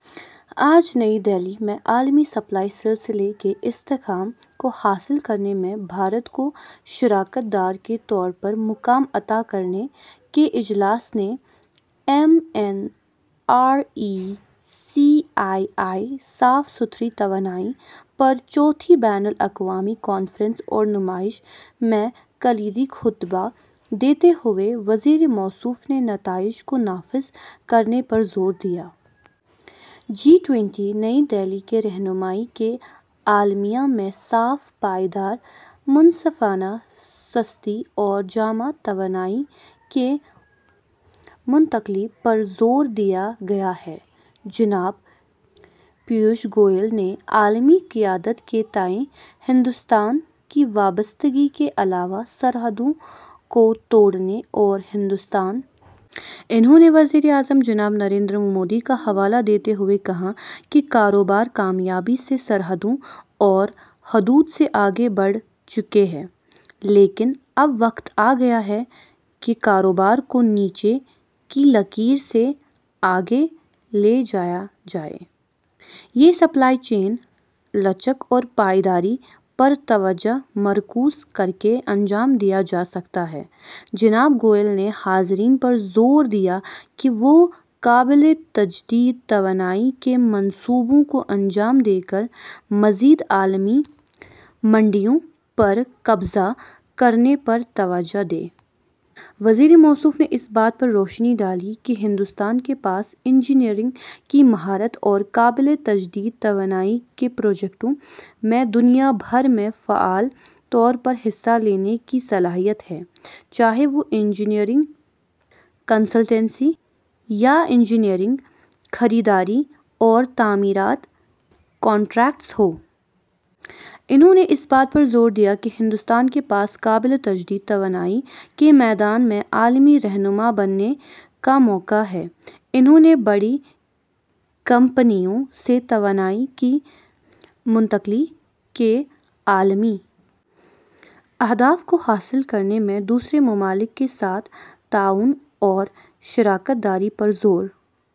آج نئی دہلی میں 'عالمی سپلائی سلسلے کے استحکام کو حاصل کرنے میں بھارت کو شراکت دار کے طور پر مقام عطاکرنے 'کے اجلاس نے 'ایم این آرای -سی آئی آئی: صاف ستھری توانائی پر چوتھی بین الاقوامی کانفرنس اور نمائش' میں کلیدی خطبہ دیتے ہوئے وزیرموصوف نے نتائج کو نافذ کرنے پر زور دیا۔ جی ٹوئنٹی نئی دہلی کے رہنماؤں کے اعلامیہ میں صاف، پائیدار، منصفانہ، سستی اور جامع توانائی کی منتقلی پرزوردیاگیاہے۔ جناب پیوش گوئل نے عالمی قیادت کے تئیں ہندوستان کی وابستگی کے علاوہ سرحدوں کو توڑنےاور ہندوستان۔ انہوں نے وزیر اعظم جناب نریندر مودی کا حوالہ دیتے ہوئے کہاکہ ''کاروبار کامیابی سے سرحدوں اور حدود سے آگے بڑھ چکے ہیں، لیکن اب وقت آگیا ہے کہ کاروبار کو نیچے کی لکیر سے آگے لے جایا جائے۔ یہ سپلائی چین لچک اور پائیداری پر توجہ مرکوز کرکے انجام دیا جاسکتا ہے۔ '' جناب گوئل نے حاضرین پر زور دیا کہ وہ قابل تجدید توانائی کے منصوبوں کو انجام دے کر مزید عالمی منڈیوں پر قبضہ کرنے پر توجہ دیں۔ وزیر موصوف نے اس بات پر روشنی ڈالی کہ ہندوستان کے پاس انجینئرنگ کی مہارت اور قابل تجدید توانائی کے پروجیکٹوں میں دنیا بھر میں فعال طور پر حصہ لینے کی صلاحیت ہے، چاہے وہ انجینئرنگ، کنسلٹنسی، یا انجینئرنگ، خریداری اورتعمیرات کنٹریکٹس ہو۔ انہوں نے اس بات پر زور دیا کہ ہندوستان کے پاس قابل تجدید توانائی کے میدان میں عالمی رہنما بننے کا موقع ہے۔ انھوں نے بڑی کمپنیوں سے توانائی کی منتقلی کے عالمی اہداف کو حاصل کرنے میں دوسرے ممالک کے ساتھ تعاون اور شراکت داری پر زور